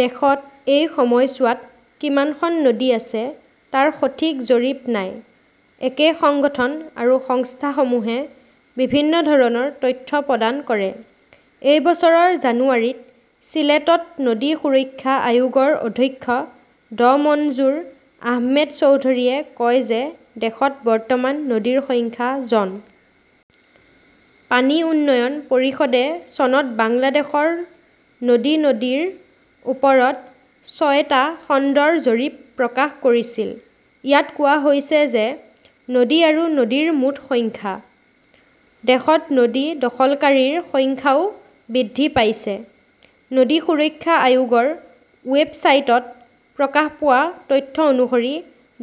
দেশত এই সময়ছোৱাত কিমানখন নদী আছে তাৰ সঠিক জৰীপ নাই। একে সংগঠন আৰু সংস্থাসমূহে বিভিন্ন ধৰণৰ তথ্য প্ৰদান কৰে। এই বছৰৰ জানুৱাৰীত চিলেটত নদী সুৰক্ষা আয়োগৰ অধ্যক্ষ ড মঞ্জুৰ আহমেদ চৌধুৰীয়ে কয় যে দেশত বৰ্তমান নদীৰ সংখ্যা জন। পানী উন্নয়ন পৰিষদে চনত বাংলাদেশৰ নদী-নদীৰ ওপৰত ছয়টা খণ্ডৰ জৰীপ প্ৰকাশ কৰিছিল। ইয়াত কোৱা হৈছে যে নদী আৰু নদীৰ মুঠ সংখ্যা। দেশত নদী দখলকাৰীৰ সংখ্যাও বৃদ্ধি পাইছে। নদী সুৰক্ষা আয়োগৰ ৱেবছাইটত প্ৰকাশ পোৱা তথ্য অনুসৰি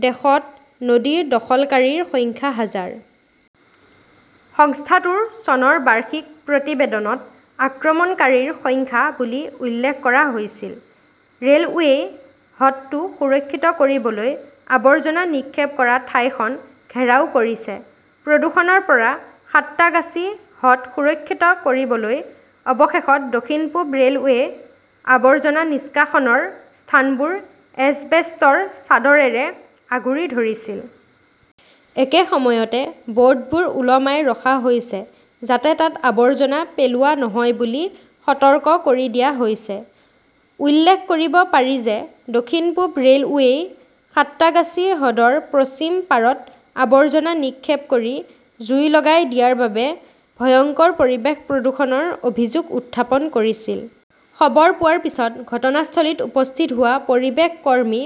দেশত নদী দখলকাৰীৰ সংখ্যা হাজাৰ। সংস্থাটোৰ চনৰ বাৰ্ষিক প্ৰতিবেদনত আক্ৰমণকাৰীৰ সংখ্যা বুলি উল্লেখ কৰা হৈছিল। ৰে "লৱেই হ্ৰদটো সুৰক্ষিত কৰিবলৈ আৱৰ্জনা নিক্ষেপ কৰা ঠাইখন ঘেৰাও কৰিছে প্ৰদূষণৰ পৰা সাঁত্ৰাগাছী হ্ৰদ সুৰক্ষিত কৰিবলৈ অৱশেষত দক্ষিণ-পূব ৰে 'লৱে আবৰ্জনা নিষ্কাশনৰ স্থানবোৰ এছবেষ্টৰ চাদৰেৰে আগুৰি ধৰিছিল। একে সময়তে, ব "ৰ্ডবোৰ ওলমাই ৰখা হৈছে, যাতে তাত আৱৰ্জনা পেলোৱা নহয় বুলি সতৰ্ক কৰি দিয়া হৈছে। উল্লেখ কৰিব পাৰি যে দক্ষিণ-পূব ৰে 'লৱেই সাঁত্ৰাগাছী হ্ৰদৰ পশ্চিম পাৰত আৱৰ্জনা নিক্ষেপ কৰি জুই লগাই দিয়াৰ বাবে ভয়ংকৰ পৰিৱেশ প্ৰদূষণৰ অভিযোগ উত্থাপন কৰিছিল। খবৰ পোৱাৰ পিছত ঘটনাস্থলীত উপস্থিত হোৱা পৰিৱেশ কৰ্মী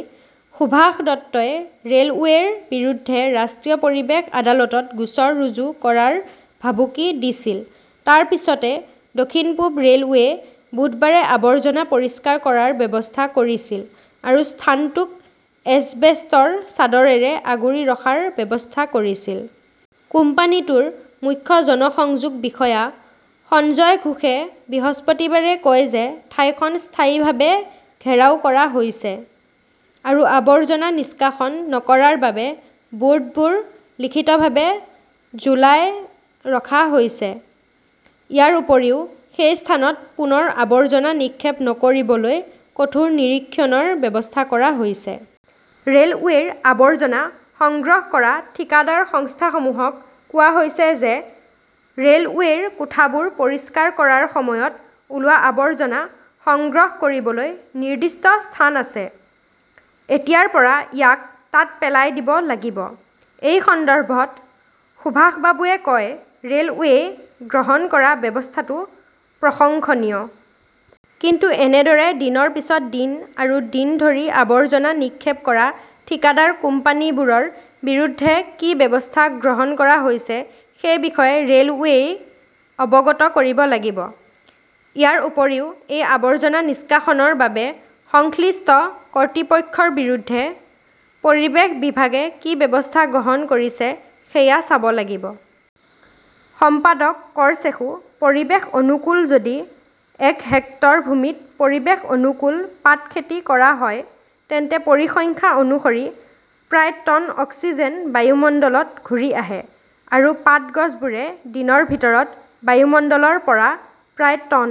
সুভাষ দত্তই ৰে "লৱেৰ বিৰুদ্ধে ৰাষ্ট্ৰীয় পৰিৱেশ আদালতত গোচৰ ৰুজু কৰাৰ ভাবুকি দিছিল। তাৰ পিছতে দক্ষিণ-পূব ৰে 'লৱে বুধবাৰে আৱৰ্জনা পৰিষ্কাৰ কৰাৰ ব্যৱস্থা কৰিছিল আৰু স্থানটোক এছবেষ্টৰ চাদৰেৰে আগুৰি ৰখাৰ ব্যৱস্থা কৰিছিল। কোম্পানীটোৰ মুখ্য জনসংযোগ বিষয়া সঞ্জয় ঘোষে বৃহস্পতিবাৰে কয় যে ঠাইখন স্থায়ীভাৱে ঘেৰাও কৰা হৈছে আৰু আৱৰ্জনা নিষ্কাশন নকৰাৰ বাবে বোৰ্ডবোৰ লিখিতভাৱে ঝুলাই ৰখা হৈছে। ইয়াৰ উপৰিও, সেই স্থানত পুনৰ আৱৰ্জনা নিক্ষেপ নকৰিবলৈ কঠোৰ নিৰীক্ষণৰ ব্যৱস্থা কৰা হৈছে। "ৰে" লৱেৰ আৱৰ্জনা সংগ্ৰহ কৰা ঠিকাদাৰ সংস্থাসমূহক কোৱা হৈছে যে ৰে "লৱেৰ কোঠাবোৰ পৰিষ্কাৰ কৰাৰ সময়ত ওলোৱা আৱৰ্জনা সংগ্ৰহ কৰিবলৈ নিৰ্দিষ্ট স্থান আছে। এতিয়াৰ পৰা ইয়াক তাত পেলাই দিব লাগিব। "এই সন্দৰ্ভত সুভাষ বাবুৱে কয়", ৰে "লৱেই গ্ৰহণ কৰা ব্যৱস্থাটো প্ৰশংসনীয়। কিন্তু এনেদৰে দিনৰ পিছত দিন আৰু দিন ধৰি আৱৰ্জনা নিক্ষেপ কৰা ঠিকাদাৰ কোম্পানীবোৰৰ বিৰুদ্ধে কি ব্যৱস্থা গ্ৰহণ কৰা হৈছে সেই বিষয়ে ৰে "লৱেই অৱগত কৰিব লাগিব। ইয়াৰ উপৰিও, এই আৱৰ্জনা নিষ্কাশনৰ বাবে সংশ্লিষ্ট কৰ্তৃপক্ষৰ বিৰুদ্ধে পৰিৱেশ বিভাগে কি ব্যৱস্থা গ্ৰহণ কৰিছে সেয়া চাব লাগিব। "। সম্পাদক কৰচেশুঃ পৰিৱেশ-অনুকূল যদি এক হেক্টৰ ভূমিত পৰিৱেশ-অনুকূল পাট খেতি কৰা হয়, তেন্তে পৰিসংখ্যা অনুসৰি প্ৰায় টন অক্সিজেন বায়ুমণ্ডলত ঘূৰি আহে, আৰু পাট গছবোৰে দিনৰ ভিতৰত বায়ুমণ্ডলৰ পৰা প্ৰায় টন